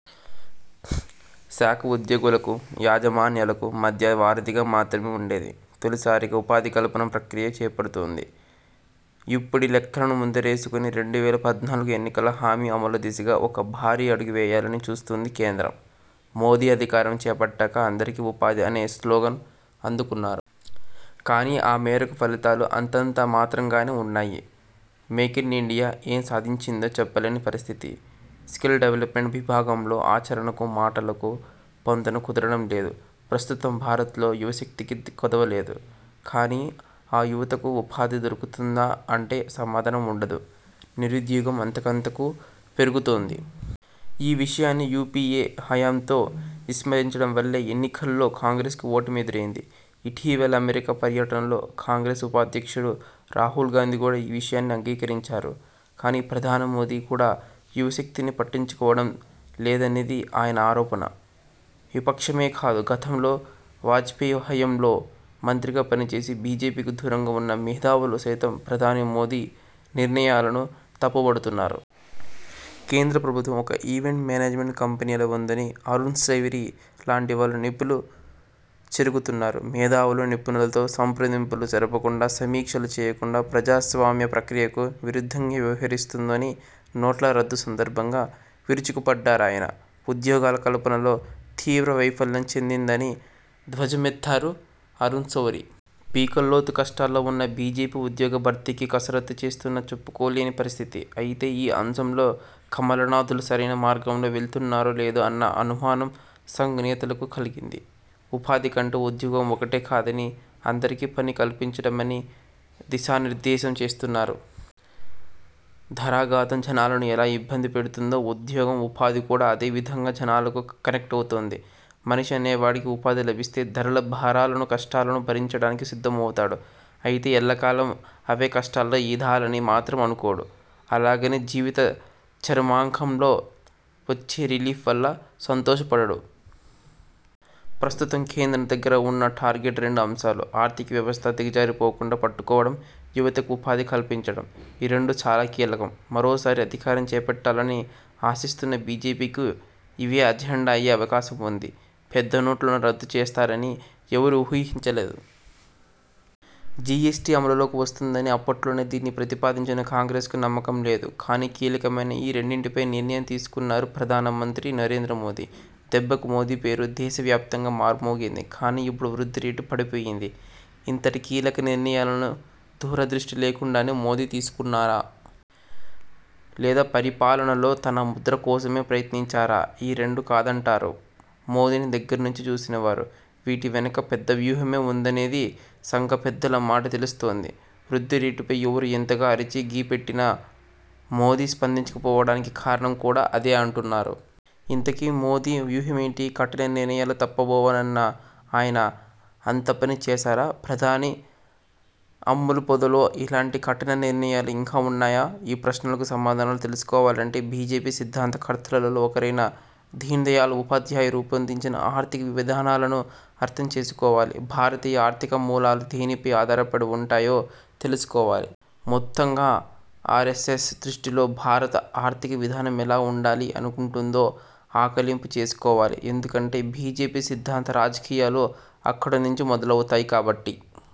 శాఖ ఉద్యోగులకు, యాజమాన్యాలకు మధ్య వారధిగా మాత్రమే ఉండేది. తొలిసారిగా ఉపాధికల్పన ప్రక్రియ చేపడుతోంది. ఇప్పుడీ లెక్కలను ముందరేసుకుని రెండు వేల పద్నాలుగు ఎన్నికల హామీ అమలు దిశగా ఒక భారీ అడుగు వేయాలని చూస్తోంది కేంద్రం. మోదీ అధికారం చేపట్టాక అందరికీ ఉపాధి అనే స్లోగన్ అందుకున్నారు. కానీ ఆ మేరకు ఫలితాలు అంతంత మాత్రంగానే ఉన్నాయి. మేక్ఇన్ఇండియా ఏం సాధించిందో చెప్పలేని పరిస్థితి. స్కిల్ డెవలప్మెంట్ విభాగంలో ఆచరణకు, మాటలకు పొంతన కుదరడం లేదు. ప్రస్తుతం భారత్లో యువశక్తికి కొదవలేదు. కానీ ఆ యువతకు ఉపాధి దొరుకుతుందా అంటే సమాధానం ఉండదు. నిరుద్యోగం అంతకంతకూ పెరుగుతోంది. ఈ విషయాన్ని యూపీఏ హయాంలో విస్మరించడం వల్లే ఎన్నికల్లో కాంగ్రెస్కు ఓటమి ఎదురైంది. ఇటీవల అమెరికా పర్యటనలో కాంగ్రెస్ ఉపాధ్యక్షుడు రాహుల్ గాంధీ కూడా ఈ విషయాన్ని అంగీకరించారు. కానీ ప్రధాని మోదీ కూడా యువశక్తిని పట్టించుకోవడం లేదనేది ఆయన ఆరోపణ. విపక్షమే కాదు గతంలో వాజ్పేయ్ హయాంలో మంత్రిగా పనిచేసి బీజేపీకి దూరంగా ఉన్న మేధావులు సైతం ప్రధాని మోదీ నిర్ణయాలను తప్పుబడుతున్నారు. కేంద్ర ప్రభుత్వం ఒక ఈవెంట్ మేనేజ్మెంట్ కంపెనీలా ఉందని అరుణ్శౌరీ లాంటి వాళ్లు నిప్పులు చెరుగుతున్నారు. మేధావులు, నిపుణులతో సంప్రదింపులు జరపకుండా సమీక్షలు చేయకుండా ప్రజాస్వామ్య ప్రక్రియకు విరుద్ధంగా వ్యవహరిస్తోందని నోట్ల రద్దు సందర్భంగా విరుచుకుపడ్డారాయన. ఉద్యోగాల కల్పనలో తీవ్ర వైఫల్యం చెందిందని ధ్వజమెత్తారు అరుణ్శౌరి. పీకల్లోతు కష్టాల్లో ఉన్న బీజేపీ ఉద్యోగ భర్తీకి కసరత్తు చేస్తున్నా చెప్పుకోలేని పరిస్థితి. అయితే ఈ అంశంలో కమలనాథులు సరైన మార్గంలో వెళ్తున్నారో లేదో అన్న అనుమానం సంఘ్ నేతలకు కలిగింది. ఉపాధి అంటే ఉద్యోగం ఒక్కటే కాదని అందరికీ పని కల్పించడం అని దిశానిర్దేశం చేస్తున్నారు. ధరాగాతం జనాలను ఎలా ఇబ్బంది పెడుతోందో ఉద్యోగం, ఉపాధి కూడా అదే విధంగా జనాలకు కనెక్ట్ అవుతోంది. మనిషి అనేవాడికి ఉపాధి లభిస్తే ధరల భారాలను, కష్టాలను భరించడానికి సిద్ధమవుతాడు. అయితే ఎల్లకాలం అవే కష్టాల్లో ఈదాలని మాత్రం అనుకోడు. అలాగని జీవిత చరమాంకంలో వచ్చే రిలీఫ్ వల్ల సంతోషపడడు. ప్రస్తుతం కేంద్రం దగ్గర ఉన్న టార్గెట్ రెండు అంశాలు. ఆర్థిక వ్యవస్థ దిగజారిపోకుండా పట్టుకోవడం. యువతకు ఉపాధి కల్పించడం. ఈ రెండు చాలా కీలకం. మరోసారి అధికారం చేపట్టాలని ఆశిస్తున్న బీజేపీకి ఇవే అజెండా అయ్యే అవకాశం ఉంది. పెద్దనోట్లను రద్దు చేస్తారని ఎవరూ ఊహించలేదు. జీఎస్టీ అమలులోకి వస్తుందని అప్పట్లోనే దీన్ని ప్రతిపాదించిన కాంగ్రెస్కు నమ్మకం లేదు. కానీ కీలకమైన ఈ రెండింటిపై నిర్ణయం తీసేసుకున్నారు ప్రధాన మంత్రి నరేంద్ర మోదీ. దెబ్బకు మోదీ పేరు దేశవ్యాప్తంగా మార్మోగింది. కానీ ఇప్పుడు వృద్ధి రేటు పడిపోయింది. ఇంతటి కీలక నిర్ణయాలను దూరదృష్టి లేకుండానే మోదీ తీసుకున్నారా? లేదా పరిపాలనలో తన ముద్ర కోసమే ప్రయత్నించారా? ఈ రెండూ కాదంటారు మోదీని దగ్గర నుంచి చూసినవారు. వీటి వెనక పెద్ద వ్యూహమే ఉందనేది సంఘ పెద్దల మాటగా తెలుస్తోంది. వృద్ధి రేటుపై ఎవరు ఎంతగా అరిచి గీపెట్టినా మోదీ స్పందించకపోవడానికి కారణం కూడా అదే అంటున్నారు. ఇంతకీ మోదీ వ్యూహమేంటి కఠిన నిర్ణయాలు తప్పబోవన్న ఆయన అంతపనీ చేశారా ప్రధాని అమ్ములపొదలో ఇలాంటి కఠిన నిర్ణయాలు ఇంకా ఉన్నాయా?.. ఈ ప్రశ్నలకు సమాధానాలు తెలుసుకోవాలంటే బీజేపీ సిద్ధాంత కర్తలలో ఒకరైన దీన్దయాల్ ఉపాధ్యాయ రూపొందించిన ఆర్థిక విధానాలను అర్థం చేసుకోవాలి. భారతీయ ఆర్థిక మూలాలు దేనిపై ఆధారపడి ఉంటాయో తెలుసుకోవాలి. మొత్తంగా ఆర్ఎస్ఎస్ దృష్టిలో భారత ఆర్థిక విధానం ఎలా ఉండాలి అనుకుంటుందో ఆకలింపు చేసుకోవాలి. ఎందుకంటే బీజేపీ సిద్ధాంత రాజకీయాలు అక్కడి నుంచి మొదలవుతాయి కాబట్టి.